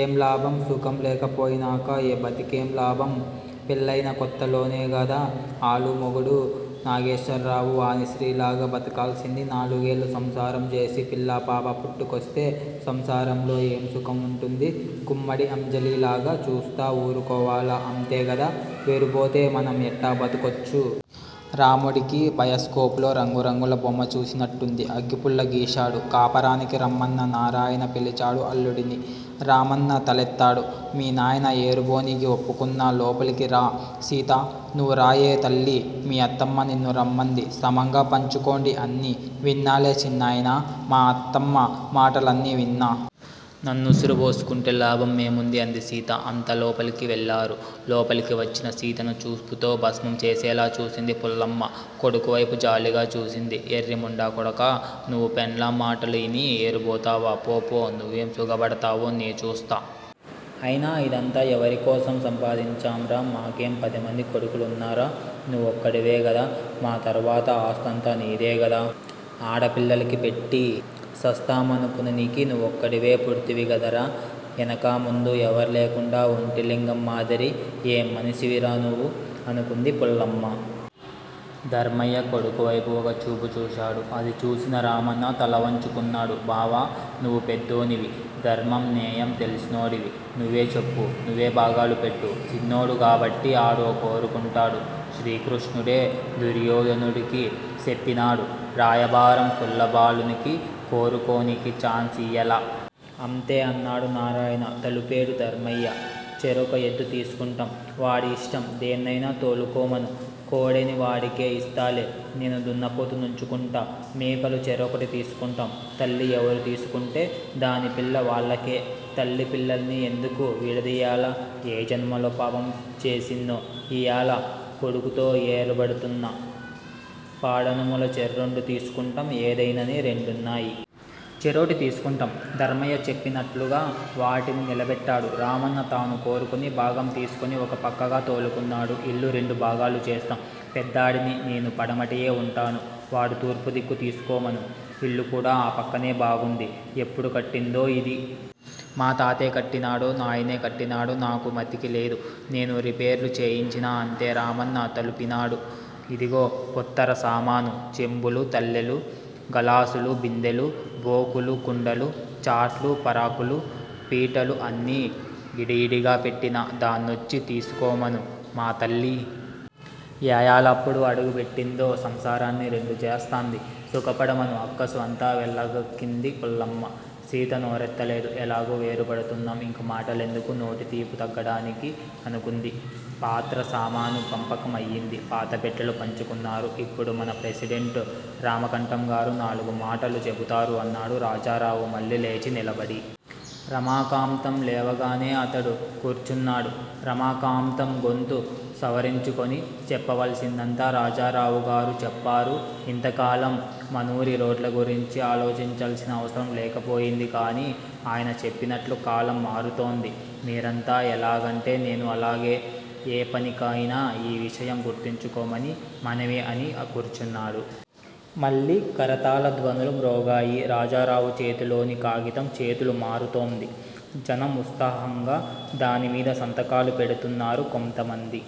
ఏం లాభం? సుఖం లేకపోయినాక బతికేం లాభం. పెళ్ళయిన కొత్తలోనే గదా ఆలు మొగుడు నాగేశర్రావు వాణిశ్రీ లాగ బతకాల్సింది. నాలుగేళ్ళు సంసారం జేసి పిల్లా పాపా పుట్టుకొస్తే సంసారంలో ఏం సుఖం వుంటుంది. గుమ్మడి అంజలి లాగా చూస్తా వురుకోవాల, అంతే గదా! వేరుబోతే మనం ఎట్టా బతకొచ్చు? రాముడికి 'బయస్కోపులో' రంగురంగుల బొమ్మ చూసినట్టయింది. అగ్గిపుల్ల గీశాడు కాపరానికి, రామన్నా! నారాయణ పిలిచాడు అల్లుడిని. రామన్న తలెత్తాడు. మీ నాయన ఏరుబోనికి ఒప్పుకున్నా లోపలికి రా? సీతా! నువు రాయే తల్లి మీ అత్తమ్మ నిన్నూ రమ్మంది సమంగా పంచుకొండిఅన్నీ విన్నాలే చిన్నాయనా! మా అత్తమ్మ మాటలన్నీ విన్నా! నన్నుసురుబోసుకుంటే లాభం ఏముంది! అంది సీత. అంత లోపలికి వెళ్ళేరు. లోపలికి వచ్చిన సీతను చూపుతో భస్మం చేసేలా చూసింది పుల్లమ్మ. కొడుకు వైపు జాలిగా చూసింది. ఎర్రి ముండా కొడకా నువు పెండ్లాం మాటలు యిని ఏరుబోతావా! పో! పో! నువేం సుగపడతావో నే చూస్తా! అయినా యిదంతా ఎవరి కోసం సంపాయించినాంరా! మాకేం పదిమంది కొడుకులున్నారా! నువోక్కడివే గదా! మా తర్వాత ఆస్తంతా నీదే గదా? అడ పిల్లలకి పెట్టి సస్తామనుకున నికి నువోక్కడివే పుడ్తివి గదరా ఎనకా ముందా ఎవర్లేకుండా ఒంటిలింగం మాదిరి! ఏం మనిసివిరా నువు? అనుకుంది పుల్లమ్మ. ధర్మయ్య కొడుకు వైపు ఒక చూపు చూశాడు. అది చూసిన రామన్న తలవంచుకున్నాడు. బావా! నువు పెద్దోనివి! ధర్మం నేయం తెలిసినోడివి నువే చెప్పు నువే భాగాలు పెట్టు. సిన్నోడు గాబట్టి ఆడు కోరుకుంటాడు. శ్రీకృష్ణుడే దుర్యోధనుడికి సెప్పినాడు. రాయభారం సుళ్ళ బాలునికి కోరుకోనికి చాన్సియ్యాల! అంతే! అన్నాడు నారాయణ తలుపేడు ధర్మయ్య. చెరొక ఎద్దు తీసుకుంటాం వాడి యిష్టం దేన్నయినా తోలుకోమను. కొడేని వాడికే యిస్తాలే నేను దున్నపోతు నుంచుకుంటా మేకలు చెరోకటి తీసుకుంటాం. తల్లి ఎవరు దిసుకుంటే దాని పిల్ల వాల్లకే! తల్లి పిల్లల్ని ఎందుకు విడదియ్యల, ఏ జన్మలో పాపం జేసిన్నో యియాల కొడుకుతో ఎరుపడతన్నా పాడనుములు చెర్రెండు తీసుకుంటాం ఎదైనని రెండు న్నాయి. చెరోటి తీసుకుంటాం. ధర్మయ్య చెప్పినట్లుగా వాటిని నిలబెట్టాడు. రామన్న తను కోరుకుని భాగం తీసుకుని ఒక పక్కగా తోలుకున్నాడు. ఇల్లు రెండు భాగాలు చేస్తాం! పెద్దాడిని నేను పడమటియే వుంటాను. వాడు తూర్పు దిక్కు తిసుకోమను. ఇల్లు కూడా ఆ పక్కనే బాగుంది. ఎప్పుడు కట్టిందో యిది! మా తాతే కట్టినాడో నాయనే కట్టినాడో నాకు మతికి లేదు. నేను రిపేర్లు చేయించినా అంతే. రామన్న తలుపినాడు. ఇదిగో పొత్తర సామాను చెంబులు తల్లెలు, గలాసులు, బిందెలు, బోకులు కుండలు, చాట్లు, పారకులు, పీటలు అన్నీ యిడియిడిగా పెట్టినా దాన్నోచ్చి తిసుకోమను మా తల్లి! ఏయాలప్పుడు అడుగు బెట్టిందో సంసారాన్ని రెండు జేస్తంది! సుకపడమను అక్కసు అంతా వెలగక్కింది పుల్లమ్మ. సీత నోరెత్తలేదు. ఎలాగూ వేరు పడుతున్నాం. ఇంకా మాటలెందుకు? నోటి తీపు తగ్గడానికి అనుకుంది. పాత్ర సామాను పంపకం అయింది. పాత పెట్టెలు పంచుకున్నారు. ఇప్పుడు మన ప్రెసిడెంటు రమాకాంటంగారు నాలుగుమాటలు చెబుతారు అన్నాడు రాజారావు మళ్ళీ లేచి నిలబడి. రమాకాంతం లేవగానే అతడు కూర్చున్నాడు. రమాకాంతం గొంతు సవరించుకుని చెప్పవలసిందంతా రాజారావుగారు చెప్పారు. ఇంతకాలం మనూరి రోడ్లగురించి ఆలోచించాల్సిన అవసరం లేకపోయింది. కానీ అయన చెప్పినట్లు కాలం మారుతోంది. మీరంతా ఎలాగంటే నేనూ అలాగే! ఏ పనికయినా ఈ విషయం గుర్తుంచుకోమని మనవి అని కూర్చున్నాడు. మళ్ళీ కరతాళ ధ్వనులు మ్రోగాయి. రాజారావు చేతిలోని కాగితం చేతులు మారుతోంది. జనం ఉత్సాహంగా దానిమీద సంతకాలు పెడుతున్నారు. కొంతమంది